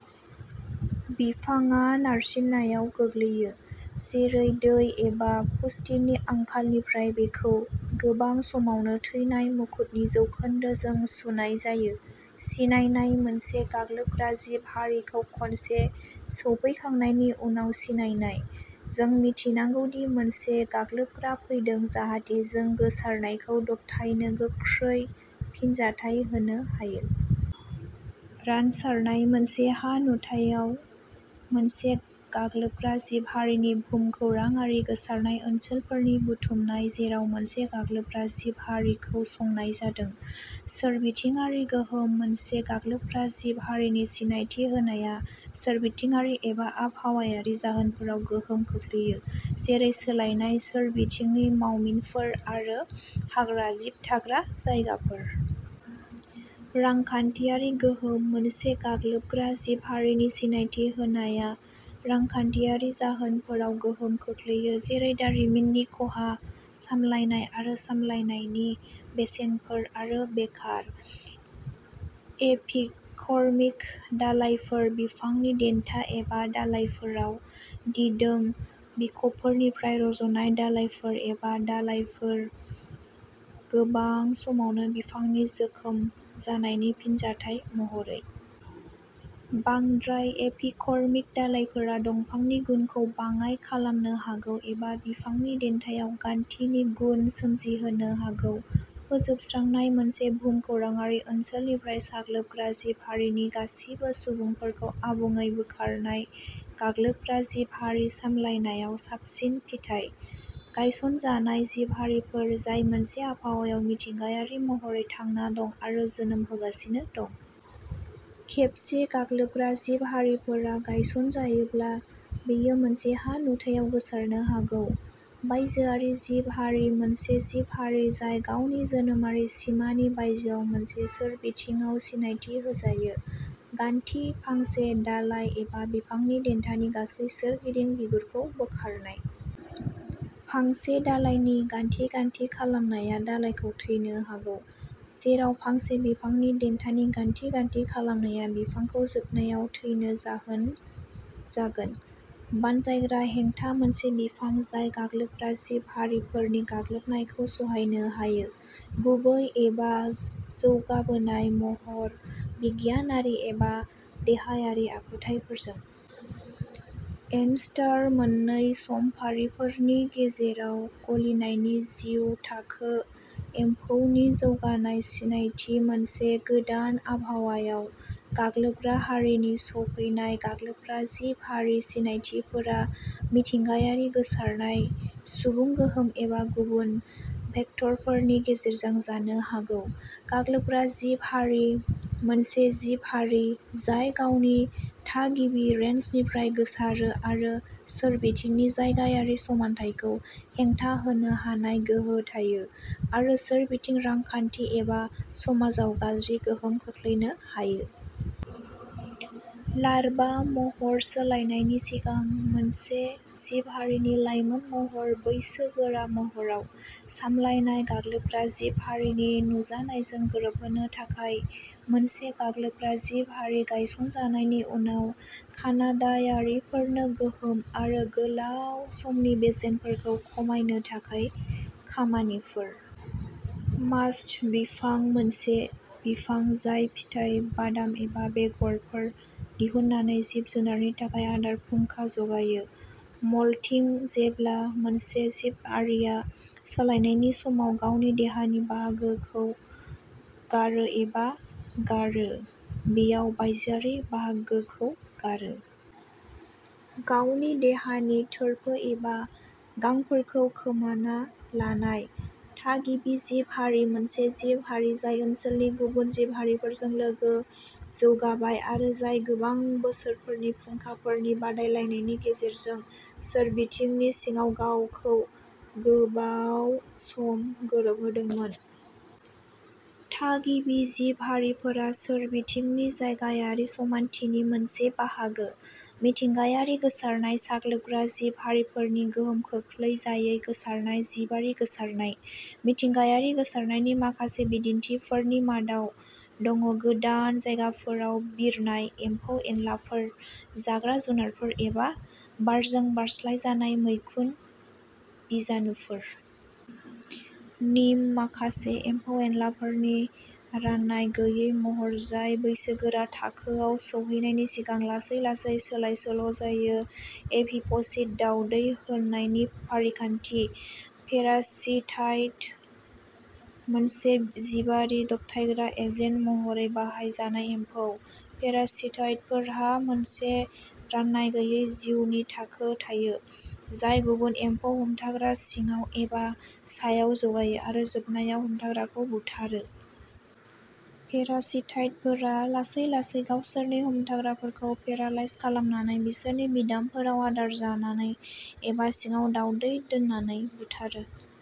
बिफाङा नारसिननायाव गोग्लैयो, जेरै दै एबा पुष्टिनि आंखालनिफ्राय बेखौ गोबां समावनो थैनाय मुकुटनि जौखोन्दोजों सुनाय जायो। सिनायनाय मोनसे गाग्लोबग्रा जिब हारिखौ खनसे सौफैखांनायनि उनाव सिनायनाय। जों मिथिनांगौ दि मोनसे गाग्लोबग्रा फैदों जाहाथे जों गोसारनायखौ दबथायनो गोख्रै फिनजाथाय होनो हायो। रानसारनाय मोनसे हा नुथायाव मोनसे गाग्लोबग्रा जिब हारिनि भुमखौराङारि गोसारनाय ओनसोलफोरनि बुथुमनाय जेराव मोनसे गाग्लोबग्रा जिब हारिखौ संनाय जादों। सोरबिथिङारि गोहोम मोनसे गाग्लोबग्रा जिब हारिनि सिनायथि होनाया सोरबिथिङारि एबा आबहावायारि जाहोनफोराव गोहोम खोख्लैयो, जेरै सोलायनाय सोरबिथिंनि मावमिनफोर आरो हाग्राजिब थाग्रा जायगाफोर। रांखान्थियारि गोहोम मोनसे गाग्लोबग्रा जिब हारिनि सिनायथि होनाया रांखान्थियारि जाहोनफोराव गोहोम खोख्लैयो, जेरै दारिमिननि खहा, सामलायनाय आरो सामलायनायनि बेसेनफोर, आरो बेकार। एपिकर्मिक दालायफोर बिफांनि देन्था एबा दालायफोराव दिदोम बिखबफोरनिफ्राय रज'नाय दालाइफोर एबा दालायफोर, गोबां समावनो बिफांनि जोखोम जानायनि फिनजाथाय महरै। बांद्राय एपिकर्मिक दालाइफोरा दंफांनि गुनखौ बाङाइ खालामनो हागौ एबा बिफांनि देन्थायाव गान्थिनि गुन सोमजिहोनो हागौ। फोजोबस्रांनाय मोनसे भुमखौराङारि ओनसोलनिफ्राय गाग्लोबग्रा जिब हारिनि गासिबो सुबुंफोरखौ आबुङै बोखारनाय गाग्लोबग्रा जिब हारि सामलायनायाव साबसिन फिथाय। गायसनजानाय जिब हारिफोर जाय मोनसे आबहावायाव मिथिंगायारि महरै थांना दं आरो जोनोम होगासिनो दं। खेबसे गाग्लोबग्रा जिब हारिफोरा गायसनजायोब्ला, बेयो मोनसे हा नुथायाव गोसारनो हागौ। बायजोआरि जिब हारि मोनसे जिब हारि जाय गावनि जोनोमारि सिमानि बायजोआव मोनसे सोरबिथिंआव सिनायथि होजायो। गान्थि फांसे दालाय एबा बिफांनि देन्थानि गासै सोरगिदिं बिगुरखौ बोखारनाय। फांसे दालायनि गान्थि गान्थि खालामनाया दालाइखौ थैनो हागौ, जेराव फांसे बिफांनि देन्थानि गान्थि गान्थि खालामनाया बिफांखौ जोबनायाव थैनो जाहोन जागोन। बानजायग्रा हेंथा मोनसे बिफां जाय गाग्लोबग्रा जिब हारिफोरनि गाग्लोबनायखौ सहायनो हायो, गुबै एबा जौगाबोनाय महर बिगियानारि एबा देहायारि आखुथायफोरजों। इनस्टार मोननै समफारिफोरनि गेजेराव गलिनायनि जिउ थाखो। एम्फौनि जौगानाय। सिनायथि मोनसे गोदान आबहावायाव गाग्लोबग्रा हारिनि सफैनाय। गाग्लोबग्रा जिब हारि सिनायथिफोरा मिथिंगायारि गोसारनाय, सुबुं गोहोम एबा गुबुन भेक्टरफोरनि गेजेरजों जानो हागौ। गाग्लोबग्रा जिब हारि मोनसे जिब हारि जाय गावनि थागिबि रेन्जनिफ्राय गोसारो, आरो सोरबिथिंनि जायगायारि समानथायखौ हेंथा होनो हानाय गोहो थायो आरो सोरबिथिं, रांखान्थि एबा समाजाव गाज्रि गोहोम खोख्लैनो हायो। लार्भा महर सोलायनायनि सिगां मोनसे जिब हारिनि लायमोन महर बैसोगोरा महराव। सामलायनाय गाग्लोबग्रा जिब हारिनि नुजानायजों गोरोबहोनो थाखाय मोनसे गाग्लोबग्रा जिब हारि गायसनजानायनि उनाव कानाडायारिफोरनो गोहोम आरो गोलाव समनि बेसेनफोरखौ खमायनो थाखाय खामानिफोर। मास्त बिफां मोनसे बिफां जाय फिथाइ, बादाम एबा बेगरफोर दिहुननानै जिब जुनारनि थाखाय आदार फुंखा जगायो। मल्टिं जेब्ला मोनसे जिब हारिआ सोलायनायनि समाव गावनि देहानि बाहागोखौ गारो एबा गारो। बेयाव बायजोआरि बाहागोखौ गारो। गावनि देहानि थोरफो एबा गांफोरखौ खोमाना लानाय। थागिबि जिब हारि मोनसे जिब हारि जाय ओनसोलनि गुबुन जिब हारिफोरजों लोगो जौगाबाय आरो जाय गोबां बोसोरफोरनि फुंखाफोरनि बादायलायनायनि गेजेरजों सोरबिथिंनि सिङाव गावखौ गोबाव सम गोरोबहोदोंमोन। थागिबि जिब हारिफोरा सोरबिथिंनि जायगायारि समानथिनि मोनसे बाहागो। मिथिंगायारि गोसारनाय गाग्लोबग्रा जिब हारिफोरनि गोहोम खोख्लैजायै गोसारनाय जिबारि गोसारनाय। मिथिंगायारि गोसारनायनि माखासे बिदिन्थिफोरनि मादाव दङ गोदान जायगाफोराव बिरनाय एम्फौ एनलाफोर, जाग्रा जुनारफोर एबा बारजों बारस्लायजानाय मैखुन बिजानुफोर। निम्फ माखासे एम्फौ एनलाफोरनि रानाय गैयै महर, जाय बैसोगोरा थाखोआव सौहैनायनि सिगां लासै लासै सोलायसोल'जायो। अभिप'सिट दावदै होनायनि फारिखान्थि। पेरासिटइड मोनसे जिबारि दबथायग्रा एजेन्ट महरै बाहायजानाय एम्फौ। पेरासिटइडफोरहा मोनसे रानाय गैयै जिउनि थाखो थायो जाय गुबुन एम्फौ हमथाग्रा सिङाव एबा सायाव जौगायो आरो जोबनायाव हमथाग्राखौ बुथारो। पेरासिटइडफोरा लासै लासै गावसोरनि हमथाग्राफोरखौ पेरालाइज खालामनानै, बिसोरनि बिदामफोराव आदार जानानै एबा सिङाव दावदै दोननानै बुथारो।